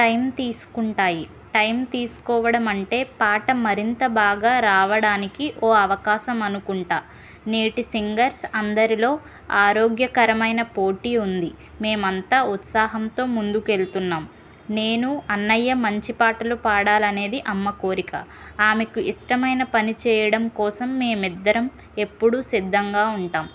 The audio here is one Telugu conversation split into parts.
టైమ్ తీసుకుంటాయి. టైమ్ తీసుకోవడం అంటే పాట మరింత బాగా రావడానికి ఓ అవకాశం అనుకుంటా. నేటి సింగర్స్ అందరిలో ఆరోగ్యకరమైన పోటీ ఉంది. మేమంతా ఉత్సాహంతో ముందుకెళ్తున్నాం. నేను, అన్నయ్య మంచి పాటలు పాడాలనేది అమ్మ కోరిక. ఆమెకి ఇష్టమైన పని చెయ్యడం కోసం మేమిద్దరం ఎప్పుడూ సిద్ధంగా ఉంటాం.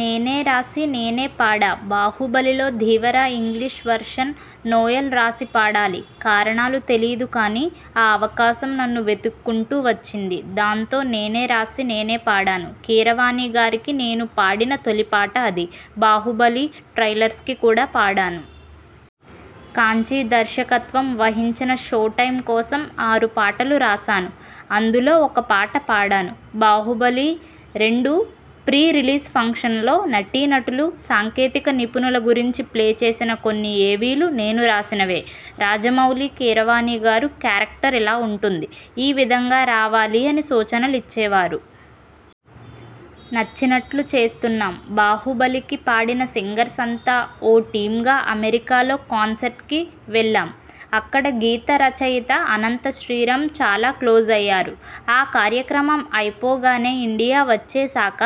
నేనే రాసి నేనే పాడాబాహుబలి లో ధీవర ఇంగ్లిష్ వెర్షన నోయల్ రాసి పాడాలి. కారణాలు తెలీదు కానీ ఆ అవకాశం నన్ను వెతుక్కుంటూ వచ్చింది. దాంతో నేనే రాసి నేనే పాడాను. కీరవాణిగారికి నేను పాడిన తొలి పాట అది. బాహుబలి ట్రైలర్స్కి కూడా పాడాను. కాంచీ దర్శకత్వం వహించిన షో టైమ్ కోసం ఆరు పాటలు రాశాను. అందులో ఒక పాట పాడాను. బాహుబలి-రెండు ప్రీ రిలీజ్ ఫంక్షనలో నటీనటులు, సాంకేతిక నిపుణుల గురించి ప్లే చేసిన కొన్ని ఏవీలు నేను రాసినవే. రాజమౌళి, కీరవాణిగారు క్యారెక్టర్ ఇలా ఉంటుంది. ఈ విధంగా రావాలి అని సూచనలిచ్చేవారు. నచ్చినట్లు చేస్తున్నాం బాహుబలి కి పాడిన సింగర్స్ అంతా ఓ టీమ్గా అమెరికాలో కాన్సెర్ట్కి వెళ్లాం. అక్కడ గీతరచయిత అనంత శ్రీరామ్ చాలా క్లోజ్ అయ్యారు. ఆ కార్యక్రమం అయిపోగానే ఇండియా వచ్చేశాక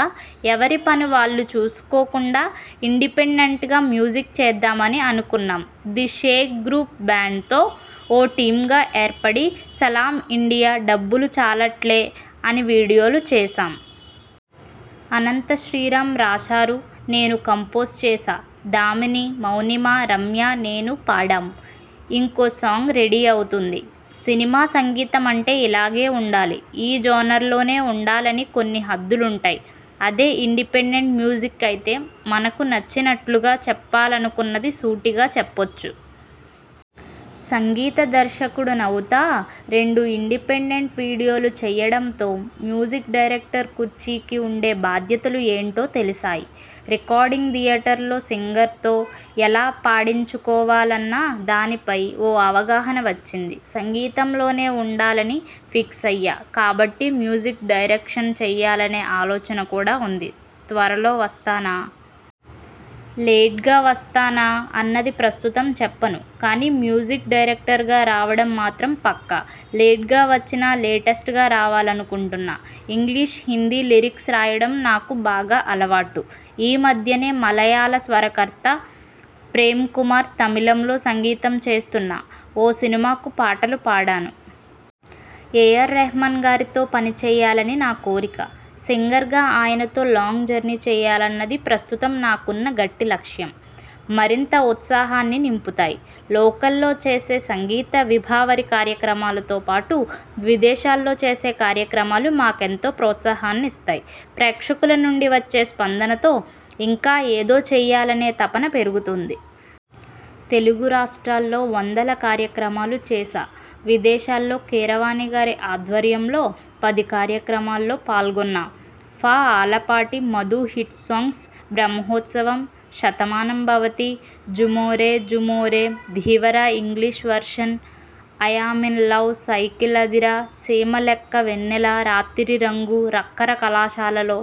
ఎవరి పని వాళ్లు చూసుకోకుండా ఇండిపెండెంట్గా మ్యూజిక్ చేద్దామని అనుకున్నాం. ది షేక్ గ్రూప్ బ్యాండ్తో ఓ టీమ్గా ఏర్పడి సలామ్ ఇండియా, డబ్బులు చాలట్లే అని వీడియోలు చేశాం. అనంత శ్రీరామ్ రాశారు. నేను కంపోజ్ చేశా. దామిని, మౌనిమ, రమ్య, నేను పాడాము. ఇంకో సాంగ్ రెడీ అవుతోంది. సినిమా సంగీతం అంటే ఇలాగే ఉండాలి, ఈ జోనర్లోనే ఉండాలని కొన్ని హద్దులుంటాయి. అదే ఇండిపెండెంట్ మ్యూజిక్ అయితే మనకు నచ్చినట్లుగా, చెప్పాలనుకున్నది సూటిగా చెప్పొచ్చు. సంగీత దర్శకుడినవుతారెండు ఇండిపెండెంట్ వీడియోలు చెయ్యడంతో మ్యూజిక్ డైరెక్టర్ కుర్చీకి ఉండే బాధ్యతలు ఏంటో తెలిశాయి. రికార్డింగ్ థియేటర్లో సింగర్తో ఎలా పాడించుకోవాలన్న దానిపై ఓ అవగాహన వచ్చింది. సంగీతంలోనే ఉండాలని ఫిక్స్ అయ్యా కాబట్టి మ్యూజిక్ డైరెక్షన్ చెయ్యాలనే ఆలోచన కూడా ఉంది. త్వరలో వస్తానా.. లేట్గా వస్తానా అన్నది ప్రస్తుతం చెప్పను కానీ మ్యూజిక్ డైరెక్టర్గా రావడం మాత్రం పక్కా. లేట్గా వచ్చినా లేటె్స్టగా రావాలనుకుంటున్నా. ఇంగ్లిష్, హిందీ లిరిక్స్ రాయడం నాకు బాగా అలవాటు. ఈ మధ్యనే మలయాళ స్వరకర్త ప్రేమ్కుమార్ తమిళంలో సంగీతం చేస్తున్న ఓ సినిమాకు పాటలు పాడాను. ఏ. ఆర్. రెహమానగారితో పనిచెయ్యాలని నా కోరిక. సింగర్గా ఆయనతో లాంగ్ జర్నీ చెయ్యాలన్నది ప్రస్తుతం నాకున్న గట్టి లక్ష్యం. మరింత ఉత్సాహాన్ని నింపుతాయి.. లోకల్లో చేసే సంగీత విభావరి కార్యక్రమాలతోపాటు విదేశాల్లో చేసే కార్యక్రమాలు మాకెంతో ప్రోత్సాహాన్నిస్తాయి. ప్రేక్షకుల నుంచి వచ్చే స్పందనతో ఇంకా ఏదో చెయ్యాలనే తపన పెరుగుతుంది. తెలుగు రాష్ట్రాల్లో వందల కార్యక్రమాలు చేశా. విదేశాల్లో కీరవాణిగారి ఆధ్వర్యంలో పది కార్యక్రమాల్లో పాల్గొన్నా. ఫ ఆలపాటి మధుహిట్ సాంగ్స్ బ్రహ్మోత్సవం శతమానంభవతి జూమోరే.. జూమోరే.. Dheevara English version I am in love cycle అదిరా.. సీమ లెక్క వెన్నెల రాతిరి రంగు రక్కర కళాశాలలో.